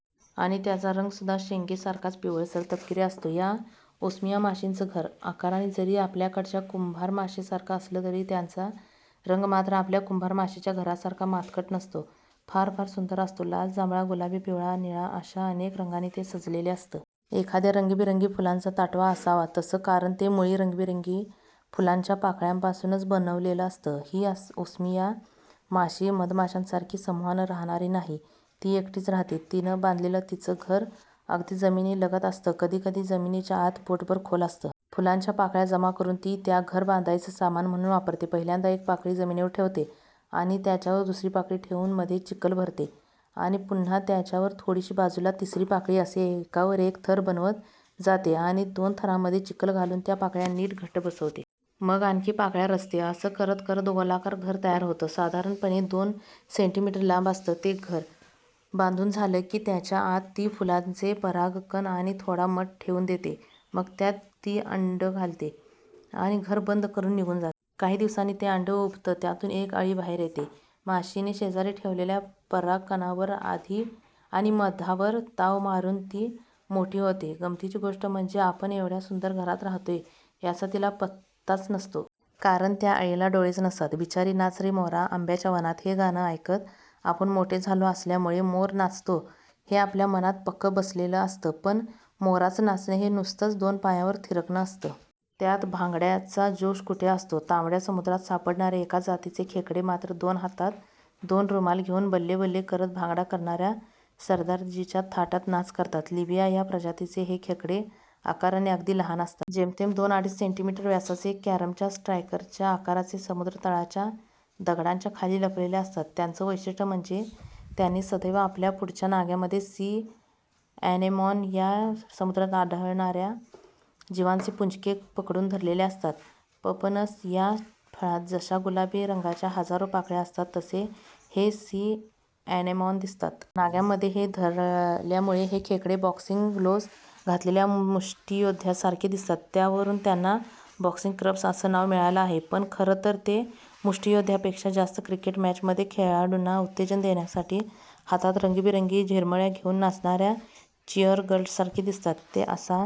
आणि त्याचा रंगसुद्धा शेंगेसारखाच पिवळसर तपकिरी असतो. या ओस्मिया माशीचं घर आकाराने जरी आपल्याकडच्या कुंभारमाशीसारखं असलं तरी त्याचा रंग मात्र आपल्या कुंभारमाशीच्या घरासारखा मातकट नसतो. फार फार सुंदर असतो. लाल, जांभळा, गुलाबी, पिवळा, निळा अशा अनेक रंगांनी ते सजलेलं असतं! एखाद्या रंगीबेरंगी फुलांचा ताटवा असावा तसं. कारण ते मुळी रंगीबेरंगी फुलांच्या पाकळ्यांपासूनच बनवलेलं असतं. ही ओस्मिया माशी मधमाशांसारखी समूहानं राहणारी नाही, ती एकटीच राहते. तिनं बांधलेलं तिचं घर अगदी जमिनीलगत असतं. कधीकधी जमिनीच्या आत बोटभर खोल असतं. फुलांच्या पाकळ्या जमा करुन ती त्या घर बांधायचं सामान म्हणून वापरते. पहिल्यांदा एक पाकळी जमिनीवर ठेवते आणि त्याच्यावर दुसरी पाकळी ठेवून मध्ये चिखल भरते आणि पुन्हा त्याच्यावर थोडीशी बाजूला तिसरी पाकळी. असे एकावर एक थर बनवत जाते आणि दोन थरांमध्ये चिखल घालून त्या पाकळ्या नीट घट्ट बसवते. मग आणखी पाकळ्या रचते. असं करत करत गोलाकार घर तयार होतं. साधारणपणे दोन सेंटीमीटर लांब असतं ते. घर बांधून झालं की त्याच्या आत ती फुलांचे परागकण आणि थोडा मध ठेवून देते. मग त्यात ती अंडं घालते आणि घर बंद करून निघून जाते. काही दिवसांनी ते अंडं उबतं. त्यातून एक अळी बाहेर येते. माशीने शेजारी ठेवलेल्या परागकणांवर आणि मधावर ताव मारून ती मोठी होते. गमतीची गोष्ट म्हणजे आपण एवढ्या सुंदर घरात राहतोय याचा तिला पत्ताच नसतो. कारण त्या अळीला डोळेच नसतात. बिचारी! '"नाच रे मोरा आंब्याच्या वनात"' हे गाणं ऐकत आपण मोठे झालो असल्यामुळे, मोर नाचतो, हे आपल्या मनात पक्कं बसलेलं असतं. पण मोराचं नाचणं हे नुसतंच दोन पायांवर थिरकणं असतं. त्यात भांगड्याचा जोश कुठे असतो? तांबड्या समुद्रात सापडणारे एका जातीचे खेकडे मात्र दोन हातात दोन रुमाल घेऊन 'बल्ले-बल्ले' करत भांगडा करणार्या सरदारजीच्या थाटात नाच करतात. लिबिया या प्रजातीचे हे खेकडे आकाराने अगदी लहान असतात. जेमतेम दोन-अडीच सेंटीमीटर व्यासाचे. कॅरमच्या स्ट्रायकरच्या आकाराचे. समुद्रतळाच्या दगडांच्या खाली लपलेले असतात. त्यांचं वैशिष्टय़ म्हणजे त्यांनी सदैव आपल्या पुढच्या नांग्यांमधे 'सी अॅनेमॉन' या समुद्रात आढळणार्या जीवांचे पुंजके पकडून धरलेले असतात. पपनस या फळात जशा गुलाबी रंगाच्या हजारो पाकळ्या असतात तसे हे 'सी अॅनेमॉन' दिसतात. नांग्यांमध्ये हे धरल्यामुळे हे खेकडे बॉक्सिंग ग्लोव्ज घातलेल्या मुष्टीयोद्ध्यासारखे दिसतात. त्यावरून त्यांना 'बॉक्सिंग क्रब्स' असं नाव मिळालं आहे. पण खरं तर ते मुष्टीयोद्ध्यापेक्षा जास्त क्रिकेट मॅचमध्ये, खेळाडूंना उत्तेजन देण्यासाठी हातात रंगीबेरंगी झिरमिळ्या घेऊन नाचणार्या चिअरगर्ल्ससारखे दिसतात. ते असा